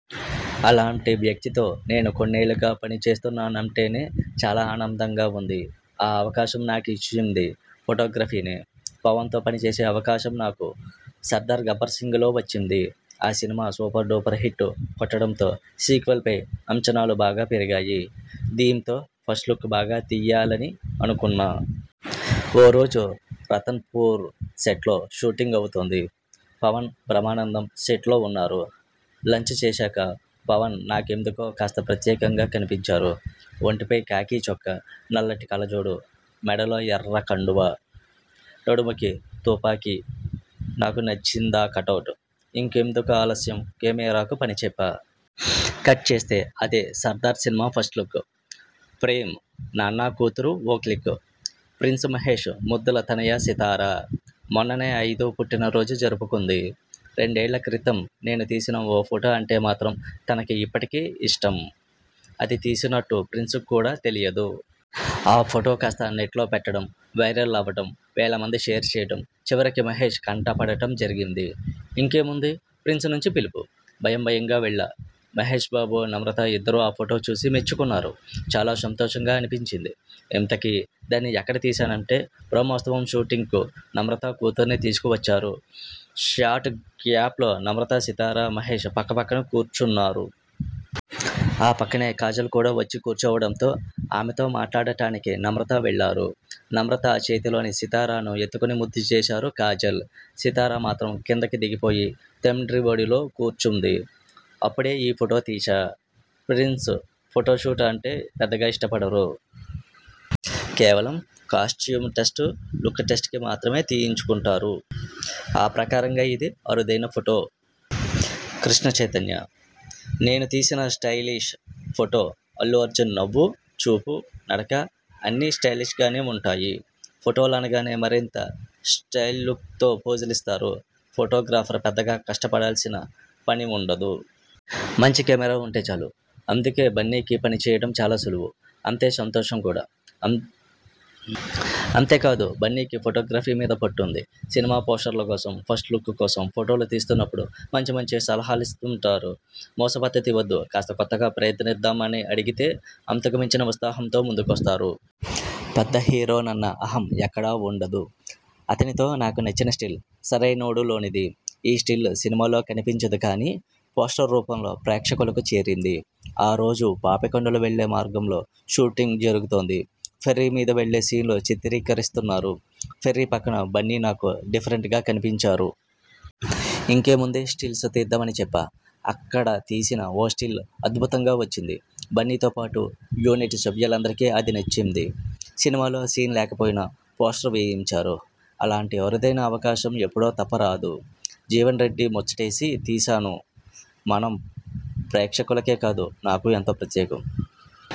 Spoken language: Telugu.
అలాంటి వ్యక్తితో నేను కొన్నేళ్లుగా పనిచేస్తున్నానంటేనే చాలా ఆనందంగా ఉంది. ఆ అవకాశం నాకిచ్చింది ఫొటోగ్రఫీనే. పవన్తో పనిచేసే అవకాశం నాకు 'సర్దార్ గబ్బర్ సింగ్'లో వచ్చింది. ఆ సినిమా సూపర్ డూపర్ హిట్ కొట్టడంతో సీక్వెల్పై అంచనాలు బాగా పెరిగాయి. దీంతో ఫస్ట్లుక్ బాగా తీయాలని అనుకున్నా. ఓరోజు రతన్పూర్ సెట్లో షూటింగ్ అవుతోంది. పవన్, బ్రహ్మానందం సెట్లో ఉన్నారు. లంచ్ చేశాక పవన్ నాకెందుకో కాస్త ప్రత్యేకంగా కనిపించారు. ఒంటిపై ఖాకీ చొక్కా, నల్లటి కళ్లజోడు, మెడలో ఎర్ర కండువా, నడుముకి తుపాకీ నాకు నచ్చిందా కటౌట్. ఇంకెందుకు ఆలస్యం కెమెరాకు పనిచెప్పా. కట్ చేస్తే అదే సర్దార్ సినిమా ఫస్ట్లుక్. ప్రేమ్ నాన్న, కూతురు, ఓ క్లిక్! ప్రిన్స్ మహేష్ ముద్దుల తనయ సితార. మొన్ననే అయిదో పుట్టినరోజు జరుపుకుంది. రెండేళ్లక్రితం నేను తీసిన ఓ ఫొటో అంటే మాత్రం తనకి ఇప్పటికీ ఇష్టం. అది తీసినట్టు ప్రిన్స్కు కూడా తెలియదు. ఆ ఫొటో కాస్త నెట్లో పెట్టడం, వైరల్ అవ్వడం, వేలమంది షేర్ చేయడం చివరికి మహేష్ కంటపడడం జరిగింది. ఇంకేముంది, ప్రిన్స్ నుంచి పిలువు. భయంభయంగా వెళ్లా. మహేష్బాబు, నమ్రతా ఇద్దరూ ఆ ఫొటో చూసి మెచ్చుకున్నారు. చాలా సంతోషంగా అనిపించింది. ఇంతకీ, దాన్ని ఎక్కడ తీశానంటే బ్రహ్మోత్సవం షూటింగ్కు నమ్రత కూతుర్ని తీసుకుని వచ్చారు షాట్ గ్యాప్లో నమ్రతా, సితార, మహేష్ పక్కపక్కన కూర్చున్నారు. ఆ పక్కనే కాజల్ కూడా వచ్చి కూర్చోవడంతో, ఆమెతో మాట్లాడానికి నమ్రత వెళ్లారు. నమ్రతా చేతిలోని సితారను ఎత్తుకుని ముద్దుచేశారు కాజల్. సితార మాత్రం కిందకి దిగిపోయి తండ్రి ఒడిలో కూర్చుంది. అప్పుడే ఈ ఫొటో తీశా. ప్రిన్స్ ఫొటో షూట్ అంటే పెద్దగా ఇష్టపడరు. కేవలం కాస్ట్యూమ్ టెస్ట్, లుక్ టెస్ట్కి మాత్రమే తీయించుకుంటారు. ఆ ప్రకారంగా ఇది అరుదైన ఫొటో. -కృష్ణ చైతన్య నేను తీసిన 'స్టైలిష్' ఫొటోఅల్లు అర్జున్ నవ్వు, చూపు, నడక అన్నీ స్టైలిష్గానే ఉంటాయి. ఫొటోలనగానే మరింత స్టైల్లుక్తో పోజులిస్తారు. ఫొటోగ్రాఫర్ పెద్దగా కష్టపడాల్సిన పని ఉండదు. మంచి కెమెరా ఉంటే చాలు. అందుకే బన్నీకి పనిచేయడం చాలా సులువు అంతే సంతోషం కూడా. అంతేకాదు బన్నీకి ఫొటోగ్రఫీ మీద పట్టుంది. సినిమా పోస్టర్ల కోసం, ఫస్ట్ లుక్ కోసం ఫొటోలు తీస్తున్నప్పుడు మంచిమంచి సలహాలిస్తుంటారు. మూస పద్ధతి వద్దు కాస్త కొత్తగా ప్రయత్నిద్దాం అని అడిగితే అంతకు మించిన ఉత్సాహంతో ముందుకొస్తారు. పెద్ద హీరోనన్న అహం ఎక్కడా ఉండదు. అతనితో నాకు నచ్చిన స్టిల్ 'సరైనోడు' లోనిది. ఈ స్టిల్ సినిమాలో కనిపించదు కానీ పోస్టర్ రూపంలో ప్రేక్షకులకు చేరింది. ఆ రోజు పాపికొండలు వెళ్లే మార్గంలో షూటింగ్ జరుగుతోంది. ఫెర్రీ మీద వెళ్లే సీన్లు చిత్రీకరిస్తున్నారు. ఫెర్రీ పక్కన బన్నీ నాకు డిఫరెంట్గా కనిపించారు. ఇంకేముంది స్టిల్స్ తీద్దామని చెప్పా. అక్కడ తీసిన ఓ స్టిల్ అద్భుతంగా వచ్చింది. బన్నీతో పాటూ యూనిట్ సభ్యులందరికీ అది నచ్చింది. సినిమాలో సీన్ లేకపోయినా పోస్టర్ వేయించారు. అలాంటి అరుదైన అవకాశం ఎప్పుడో తప్ప రాదు. జీవన్ రెడ్డి ముచ్చటేసి తీశాను 'మనం' ప్రేక్షకులకే కాదు, నాకూ ఎంతో ప్రత్యేకం.